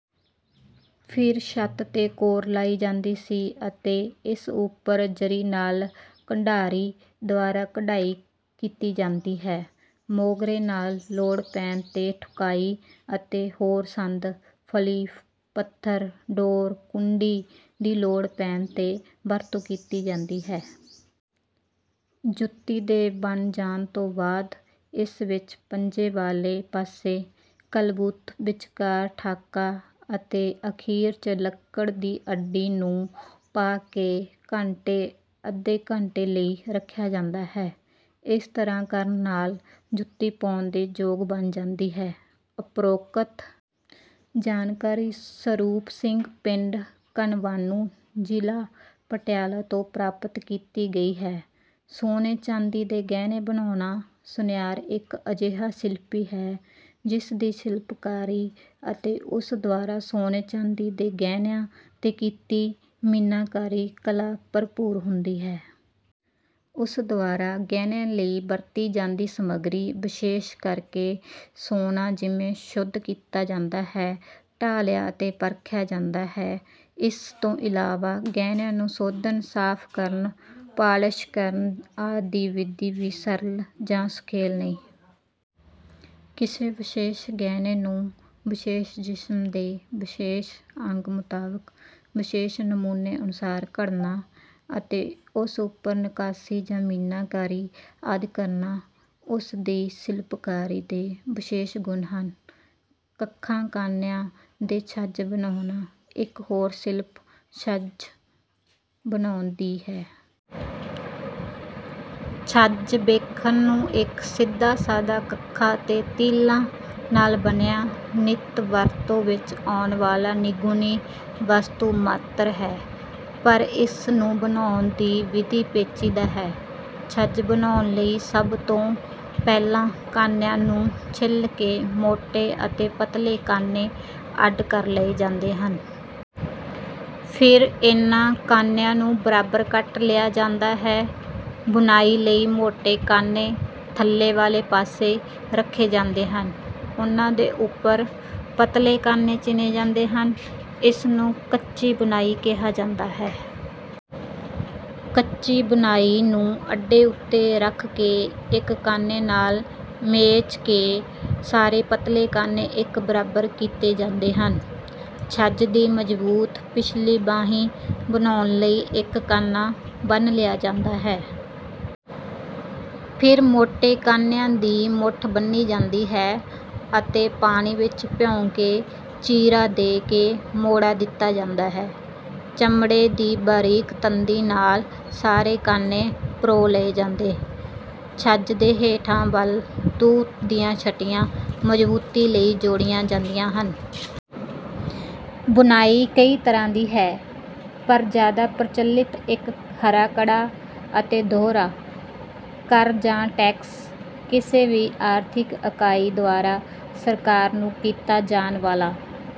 ਫਿਰ ਛੱਤ ਤੇ ਕੋਰ ਲਾਈ ਜਾਂਦੀ ਸੀ ਅਤੇ ਇਸ ਉੱਪਰ ਜਰੀ ਨਾਲ 'ਕੰਢਾਰੀ' ਦੁਆਰਾ ਕਢਾਈ ਕੀਤੀ ਜਾਂਦੀ ਹੈ। ਮੋਗਰੇ ਨਾਲ ਲੋੜ ਪੈਣ ਤੇ ਠੁਕਾਈ ਅਤੇ ਹੋਰ ਸੰਦ ਫਲੀ, ਪੱਥਰ, ਡੋਰ, ਕੁੰਡੀ, ਦੀ ਲੋੜ ਪੈਣ ਤੇ ਵਰਤੋਂ ਕੀਤੀ ਜਾਦੀਂ ਹੈ। ਜੁੱਤੀ ਦੇ ਬਣ ਜਾਣ ਤੋਂ ਬਾਦ ਇਸ ਵਿੱਚ ਪੰਜੇ ਵਾਲੇ ਪਾਸੇ ਕਲਬੂਤ, ਵਿਚਕਾਰ ਠਾਕਾ ਅਤੇ ਅਖੀਰ ਚ ਲੱਕੜ ਦੀ ਅੱਡੀ ਨੂੰ ਪਾ ਕੇ ਘੰਟੇ ਅੱਧੇ ਘੰਟੇ ਲਈ ਰੱਖਿਆ ਜਾਂਦਾ ਹੈ। ਇਸ ਤਰ੍ਹਾਂ ਕਰਨ ਨਾਲ ਜੁੱਤੀ ਪਾਉਣ ਦੇ ਯੋਗ ਬਣ ਜਾਂਦੀ ਹੈ।"ਉੱਪਰੋਕਤ ਜਾਣਕਾਰੀ ਸਰੂਪ ਸਿੰਘ ਪਿੰਡ, ਕਨਵਾਨੂੰ ਜ਼ਿਲ੍ਹਾ ਪਟਿਆਲਾ ਤੋਂ ਪ੍ਰਾਪਤ ਕੀਤੀ ਗਈ ਹੈ:ਸੋਨੇ-ਚਾਂਦੀ ਦੇ ਗਹਿਣੇ ਬਣਾਉਣਾ: ਸੁਨਿਆਰ ਇੱਕ ਅਜਿਹਾ ਸ਼ਿਲਪੀ ਹੈ, ਜਿਸ ਦੀ ਸ਼ਿਲਪਕਾਰੀ ਅਤੇ ਉਸ ਦੁਆਰਾ ਸੋਨੇ-ਚਾਂਦੀ ਦੇ ਗਹਿਣਿਆਂ ਤੇ ਕੀਤੀ ਮੀਨਾਕਾਰੀ ਕਲਾ ਭਰਪੂਰ ਹੁੰਦੀ ਹੈ। ਉਸ ਦੁਆਰਾ "ਗਹਿਣਿਆਂ ਲਈ ਵਰਤੀ ਜਾਂਦੀ ਸਮੱਗਰੀ ਵਿਸ਼ੇਸ਼ ਕਰ ਕੇ ਸੋਨਾ ਜਿਵੇਂ ਸ਼ੁੱਧ ਕੀਤਾ ਜਾਂਦਾ ਹੈ, ਢਾਲਿਆ ਅਤੇ ਪਰਖਿਆ ਜਾਂਦਾ ਹੈ। ਇਸ ਤੋਂ ਇਲਾਵਾਂ ਗਹਿਣਿਆਂ ਨੂੰ ਸੋਧਣ, ਸਾਫ਼ ਕਰਨ, ਪਾਲਸ਼ ਕਰਨ ਆਦਿ ਦੀ ਵਿਧੀ ਵੀ ਸਰਲ ਜਾਂ ਸੁਖੈਲ ਨਹੀਂ। ਕਿਸੇ ਵਿਸ਼ੇਸ਼ ਗਹਿਣੇ ਨੂੰ ਵਿਸ਼ੇਸ਼ ਜਿਸਮ ਦੇ ਵਿਸ਼ੇਸ਼ ਅੰਗ ਮੁਤਾਬਕ ਵਿਸ਼ੇਸ਼ ਨਮੂਨੇ ਅਨੁਸਾਰ ਘੜਨਾ ਅਤੇ ਇਸ ਉੱਪਰ ਨੱਕਾਸ਼ੀ ਜਾਂ ਮੀਨਾਕਾਰੀ ਆਦਿ ਕਰਨਾ। ਉਸ ਦੀ ਸ਼ਿਲਪਕਾਰੀ ਦੇ ਵਿਸ਼ੇਸ਼ ਗੁਣ ਹਨ। ਕੱਖਾਂ-ਕਾਨਿਆਂ ਦੇ ਛੱਜ ਬਣਾਉਣਾ: ਇਕ ਹੋਰ ਸ਼ਿਲਪ ਛੱਜ ਬਣਾਉਣ ਦੀ ਹੈ। "ਛੱਜ ਵੇਖਣ ਨੂੰ ਇੱਕ ਸਿੱਧਾ ਸਾਧਾ ਕੱਖਾਂ ਤੇ ਤੀਲਾਂ ਨਾਲ ਬਣਿਆ ਨਿਤ ਵਰਤੋਂ ਵਿੱਚ ਆਉਣ ਵਾਲਾ ਨਿਗੂਣੀ ਵਸਤੂ ਮਾਤਰ ਹੈ, ਪਰ ਇਸਨੂੰ ਬਣਾਉਣ ਦੀ ਵਿਧੀ ਪੇਚੀਦਾ ਹੈ। ਛੱਜ ਬਣਾਉਣ ਲਈ ਸਭ ਤੋਂ ਪਹਿਲਾਂ ਕਾਨਿਆਂ ਨੂੰ ਛਿੱਲ ਕੇ ਮੋਟੇ ਅਤੇ ਪਤਲੇ ਕਾਨੇ ਅੱਡ ਕਰ ਲਏ ਜਾਂਦੇ ਹਨ। ਫਿਰ ਇਨ੍ਹਾਂ ਕਾਨਿਆਂ ਨੂੰ ਬਰਾਬਰ ਕੱਟ ਲਿਆ ਜਾਂਦਾ ਹੈ। ਬੁਣਾਈ ਲਈ ਮੋਟੇ ਕਾਨੇ ਥੱਲੇ ਵਾਲੇ ਪਾਸੇ ਰਖੇ ਜਾਂਦੇ ਹਨ। ਉਨ੍ਹਾਂ ਦੇ ਉੱਪਰ ਪਤਲੇ ਕਾਨੇ ਚਿਣੇ ਜਾਂਦੇ ਹਨ। ਇਸ ਨੂੰ 'ਕੱਚੀ ਬੁਣਾਈ' ਕਿਹਾ ਜਾਂਦਾ ਹੈ। ਕੱਚੀ ਬੁਣਾਈ ਨੂੰ ਅੱਡੇ ਉੱਤੇ ਰਖ ਕੇ ਇੱਕ ਕਾਨੇ ਨਾਲ ਮੇਚ ਕੇ ਸਾਰੇ ਪਤਲੇ ਕਾਨੇ ਇੱਕ ਬਰਾਬਰ ਕੀਤੇ ਜਾਂਦੇ ਹਨ। ਛੱਜ ਦੀ ਮਜ਼ਬੂਤ ਪਿਛਲੀ ਬਾਹੀ ਬਣਾਉਣ ਲਈ ਇੱਕ ਕਾਨਾ ਬੰਨ੍ਹ ਲਿਆ ਜਾਂਦਾ ਹੈ। ਫਿਰ ਮੋਟੇ ਕਾਨਿਆਂ ਦੀ ਮੁੱਠ ਬੱਨ੍ਹੀ ਜਾਂਦੀ ਹੈ ਅਤੇ ਪਾਣੀ ਵਿੱਚ ਭਿਉਂਕੇ ਚੀਰਾ ਦੇ ਕੇ ਮੋੜਾ ਦਿਤਾ ਜਾਂਦਾ ਹੈ। ਚਮੜੇ ਦੀ ਬਾਰੀਕ ਤੰਦੀ ਨਾਲ ਸਾਰੇ ਕਾਨੇ ਪਿਰੋ ਲਏ ਜਾਂਦੇ। ਛੱਜ ਦੇ ਹੇਠਾਂ ਵਲ ਤੂਤ ਦੀਆਂ ਛਿਟੀਆਂ ਮਜ਼ਬੂਤੀ ਲਈ ਜੋੜੀਆਂ ਜਾਂਦੀਆਂ ਹਨ। ਬੁਣਾਈ ਕਈ ਤਰ੍ਹਾਂ ਦੀ ਹੈ। ਪਰ ਜਿਆਦਾ ਪ੍ਰਚਲਿਤ 'ਇਕ ਹਰਾ-ਕੜਾ' ਅਤੇ 'ਦੁਹਰਾ। ਕਰ ਜਾਂ ਟੈਕਸ ਕਿਸੇ ਵੀ ਆਰਥਿਕ ਇਕਾਈ ਦੁਆਰਾ ਸਰਕਾਰ ਨੂੰ ਕੀਤਾ ਜਾਣ ਵਾਲਾ...